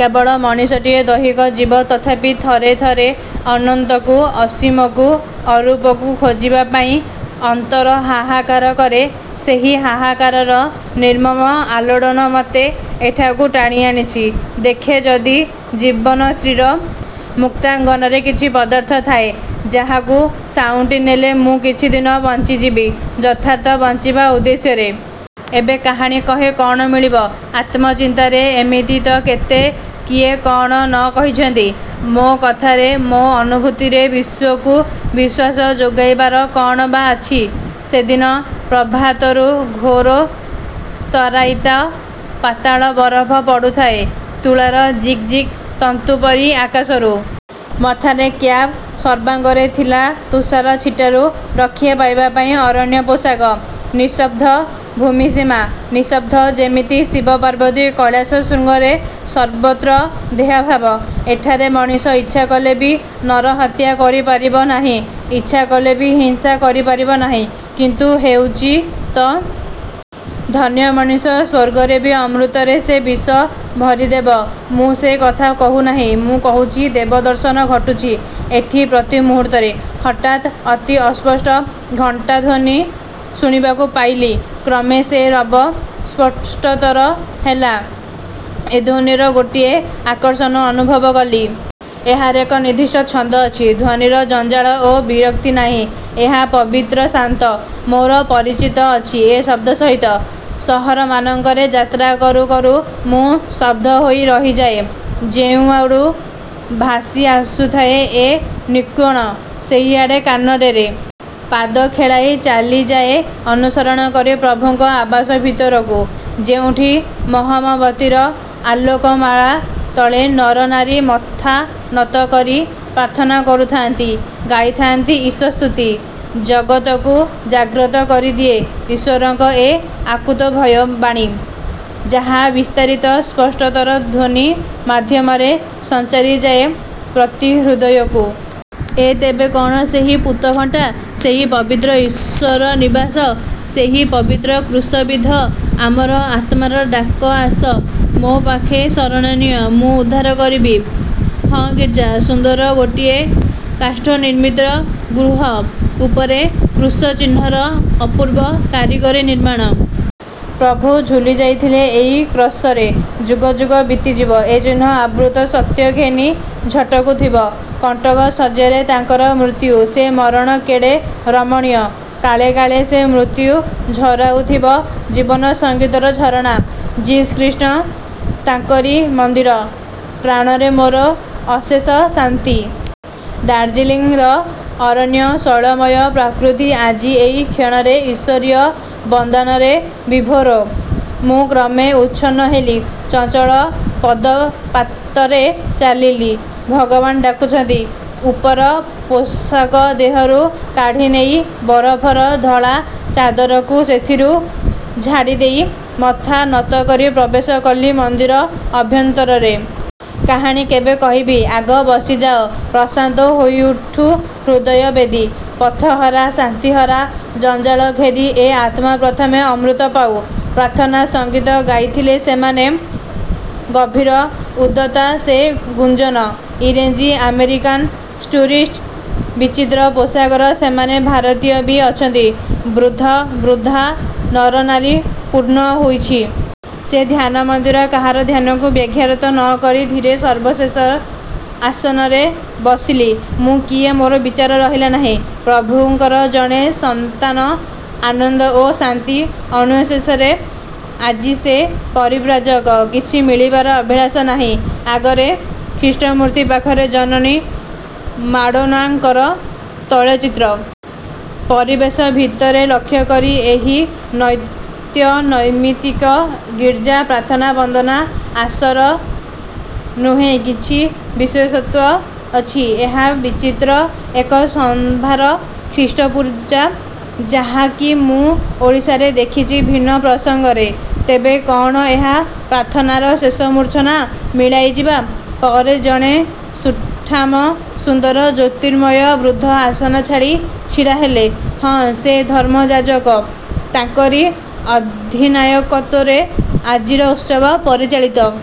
କେବଳ ମଣିଷଟିଏ, ଦୈହିକ ଜୀବ। ତଥାପି ଥରେ ଥରେ ଅନନ୍ତକୁ, ଅସୀମକୁ, ଅରୂପକୁ ଖୋଜିବା ପାଇଁ ଅନ୍ତର ହାହାକାର କରେ। ସେହି ହାହାକାରର ନିର୍ମମ ଆଲୋଡ଼ନ ମତେ ଏଠାକୁ ଟାଣିଆଣିଛି, ଦେଖେ ଯଦି ଜୀବନଶ୍ରୀର ମୁକ୍ତାଙ୍ଗନରେ କିଛି ପଦାର୍ଥ ଥାଏ, ଯାହାକୁ ସାଉଁଟିନେଲେ ମୁଁ କିଛି ଦିନ ବଞ୍ଚିଯିବି ଯଥାର୍ଥ ବଞ୍ଚିବା ଉଦ୍ଦେଶ୍ୟରେ। ଏବେ କାହାଣୀ କହେ-କଅଣ ମିଳିବ ଆତ୍ମଚିନ୍ତାରେ–ଏମିତି ତ କେତେ କିଏ କଅଣ ନ କହିଛନ୍ତି! ମୋ କଥାରେ, ମୋ ଅନୁଭୂତିରେ ବିଶ୍ୱକୁ ବିଶ୍ଵାସ ଯୋଗାଇବାର କଅଣ ବା ଅଛି? ସେଦିନ ପ୍ରଭାତରୁ ଘୋର ସ୍ତରାୟିତ ପାତାଳା ବରଫ ପଡ଼ୁଥାଏ ତୁଳାର ଜିକ୍ ଜିକ୍ ତନ୍ତୁ ପରି ଆକାଶରୁ। ମଥାରେ କ୍ୟାପ୍, ସର୍ବାଙ୍ଗରେ ଥିଲା ତୁଷାର ଛିଟାରୁ ରକ୍ଷା ପାଇବାପାଇଁ ଅରଣ୍ୟ ପୋଷାକ। ନିସ୍ତବ୍ଧ ଭୂମିସୀମା। ନିସ୍ତବ୍ଧ ଯିମିତି ଶିବ ପାର୍ବତୀ କୈଳାସ ଶୃଙ୍ଗରେ। ସର୍ବତ୍ର ଦେହଭାବ। ଏଠାରେ ମଣିଷ ଇଚ୍ଛାକଲେ ବି ନରହତ୍ୟା କରି ପାରିବ ନାହିଁ, ଇଚ୍ଛା କଲେ ବି ହିଂସ୍ର ହୋଇପାରିବ ନାହିଁ; କିନ୍ତୁ ହେଉଛି ତ! ଧନ୍ୟ ମଣିଷ! ସ୍ଵର୍ଗରେ ବି ଅମୃତରେ ସେ ବିଷ ଭରିଦେବ-। ମୁଁ ସେ କଥା କହୁ ନାହିଁ। ମୁଁ କହୁଛି ଦେବ-ଦର୍ଶନ ଘଟୁଛି ଏଠି ପ୍ରତି ମୁହୂର୍ତ୍ତରେ। ହଠାତ୍ ଅତି ଅସ୍ପଷ୍ଟ ଘଣ୍ଟାଧ୍ଵନି ଶୁଣିବାକୁ ପାଇଲି। କ୍ରମେ ସେ ରବ ସ୍ପଷ୍ଟତର ହେଲା। ଏ ଧ୍ଵନିର ଗୋଟାଏ ଆକର୍ଷଣ ଅନୁଭବ କଲି। ଏହାର ଏକ ନିର୍ଦ୍ଧିଷ୍ଟ ଛନ୍ଦ ଅଛି। ଧ୍ଵନିର ଜଞ୍ଜାଳ ଓ ବିରକ୍ତି ନାହିଁ–ଏହା ପବିତ୍ର, ଶାନ୍ତ। ମୋର ପରିଚିତ ଅଛି ଏ ଶବ୍ଦ ସହିତ। ସହରମାନଙ୍କରେ ଯାତ୍ରା କରୁ କରୁ ମୁଁ ସ୍ତବ୍ଧହୋଇ ରହିଯାଏ। ଯେଉଁଆଡ଼ୁ ଭାସି ଆସୁଥାଏ ଏ ନିକ୍ୱଣ, ସେଇଆଡ଼େ କାନ ଡେରେ। ପାଦ ଖେଳାଇ ଚାଲିଯାଏ ଅନୁସରଣ କରି ପ୍ରଭୁଙ୍କ ଆବାସ ଭିତରକୁ, ଯେଉଁଠି ମହମବତୀର ଆଲୋକମାଳା ତଳେ ନର ନାରୀ ମଥା ନତ କରି ପ୍ରାର୍ଥନା କରୁଥାନ୍ତି, ଗାଉଥାନ୍ତି ଈଶ ସ୍ତୁତି। ଜଗତକୁ ଜାଗ୍ରତ କରିଦିଏ ଇଶ୍ୱରଙ୍କର ଏ ଅକୁତୋଭୟ ବାଣୀ, ଯାହା ବିସ୍ତାରିତ, ସ୍ପଷ୍ଟତର ଧ୍ଵନି ମାଧ୍ୟମରେ ସଞ୍ଚରିଯାଏ ପ୍ରତି ହୃଦୟକୁ। ଏ ତେବେ କଅଣ ସେହି ପୂତ ଘଣ୍ଟା, ସେଇ ପବିତ୍ର ଈଶ୍ୱର ନିବାସ, ସେଇ ପବିତ୍ର କ୍ରୁଶବିଦ୍ଧ ଅମର ଆତ୍ମାର ଡାକ–ଆସ ମୋ ପାଖେ ଶରଣ ନିଅ, ମୁଁ ଉଦ୍ଧାର କରିବି। ହଁ, ଗିର୍ଜା… ସୁନ୍ଦର ଗୋଟିଏ କାଷ୍ଠନିର୍ମିତ ଗୃହ। ଉପରେ କ୍ରୁଶଚିହ୍ନର ଅପୂର୍ବ କାରିଗରି ନିର୍ମାଣ। ପ୍ରଭୁ ଝୁଲିଯାଇଥିଲେ ଏଇ କ୍ରସରେ। ଯୁଗ ଯୁଗ ବିତିଯିବ। ଏ ଚିହ୍ନ ଆବୃତ ସତ୍ୟ ଘେନି ଝଟକୁଥିବ। କଣ୍ଟକଶଯ୍ୟାରେ ତାଙ୍କର ମୃତ୍ୟୁ। ସେ ମରଣ କେଡ଼େ ରମଣୀୟ। କାଳେ କାଳେ ସେ ମୃତ୍ୟୁ ଝରାଉଥିବ ଜୀବନସଙ୍ଗୀତର ଝରଣା। ଯିସସ୍ ଖ୍ରୀଷ୍ଟ। ତାଙ୍କରି ମନ୍ଦିର। ପ୍ରାଣରେ ମୋର ଅଶେଷ ଶାନ୍ତି। ଦାର୍ଜିଲିଙ୍ଗର ଅରଣ୍ୟ ଶୈଳମୟ ପ୍ରକୃତି ଆଜି ଏଇ କ୍ଷଣରେ ଇଶ୍ଵରୀୟ ବନ୍ଦନାରେ ବିଭୋର। ମୁଁ କ୍ରମେ ଉଚ୍ଛନ୍ନ ହେଲି। ଚଞ୍ଚଳ ପଦପାତରେ ଚାଲିଲି। ଭଗବାନ ଡାକୁଛନ୍ତି। ଉପର ପୋଷାକ ଦେହରୁ କାଢ଼ିନେଇ ବରଫର ଧଳା ଚାଦରକୁ ସେଥିରୁ ଝାଡ଼ିଦେଇ, ମଥା ନତକରି ପ୍ରବେଶ କଲି ମନ୍ଦିର ଅଭ୍ୟନ୍ତରରେ। କାହାଣୀ କେବେ କହିବି? ଆଗ ବସିଯାଏ। ପ୍ରଶାନ୍ତ ହୋଇଉଠୁ ହୃଦୟ-ବେଦୀ। ପଥହରା, ଶାନ୍ତିହରା, ଜଞ୍ଜାଳ ଘେରି ଏ ଆତ୍ମା ପ୍ରଥମେ ଅମୃତ ପାଉ। ପ୍ରାର୍ଥନା-ସଂଗୀତ ଗାଇଥିଲେ ସେମାନେ। ଗମ୍ଭୀର ଉଦାତ୍ତ ସେ ଗୁଞ୍ଜନ। ଇଂରେଜୀ, ଆମେରିକାନ୍ ଟୁରିଷ୍ଟ, ବିଚିତ୍ର ପୋଷାକର ସେମାନେ। ଭାରତୀୟ ବି ଅଛନ୍ତି, ବୃଦ୍ଧ ବୃଦ୍ଧା, ନର ନାରୀ… ପୂର୍ଣ୍ଣ ହୋଇଛି। ସେ ଧ୍ୟାନମନ୍ଦିର। କାହାର ଧ୍ୟାନକୁ ବ୍ୟାଘାତ ନ କରି ଧୀରେ ସର୍ବଶେଷ ଆସନରେ ବସିଲି। ମୁଁ କିଏ ମୋର ବିଚାର ରହିଲାନାହିଁ। ପ୍ରଭୁଙ୍କର ଜଣେ ସନ୍ତାନ। ଆନନ୍ଦ ଓ ଶାନ୍ତି ଅନ୍ଵେଷଣରେ ଆଜି ସେ ପରିବ୍ରାଜକ। କିଛି ମିଳିବାର ଅଭିଳାଷ ନାହିଁ। ଆଗରେ ଖ୍ରୀଷ୍ଟମୂର୍ତ୍ତି… ପାଖରେ ଜନନୀ ମାଡ଼ୋନାଙ୍କର ତୈଳଚିତ୍ର। ପରିବେଶ ଭିତରେ ଲକ୍ଷ୍ୟକଲି ଏହି ନିତ୍ୟନୈମିତ୍ତିକ ଗିର୍ଜା ପ୍ରାର୍ଥନା ବନ୍ଦନା ଆସର ନୁହେଁ–କିଛି ବିଶେଷତ୍ଵ ଅଛି। ଏହା ବିଚିତ୍ର ଏକ ସମ୍ଭାର, ଖ୍ରୀଷ୍ଟପୂଜା, ଯାହା କି ମୁଁ ଓଡ଼ିଶାରେ ଦେଖିଛି ଭିନ୍ନ ପ୍ରସଙ୍ଗରେ। ତେବେ କଅଣ ଏହା… ପ୍ରାର୍ଥନାର ଶେଷ ମୂର୍ଚ୍ଛନା ମିଳାଇଯିବା ପରେ ଜଣେ ସୁଠାମ ସୁନ୍ଦର ଜ୍ୟୋତିର୍ମୟ ବୃଦ୍ଧ ଆସନ ଛାଡ଼ି ଛିଡ଼ାହେଲେ। ହଁ, ସେ ଧର୍ମଯାଜକ। ତାଙ୍କରି ଅଧିନାୟକତ୍ଵରେ ଆଜିର ଉତ୍ସବ ପରିଚାଳିତ।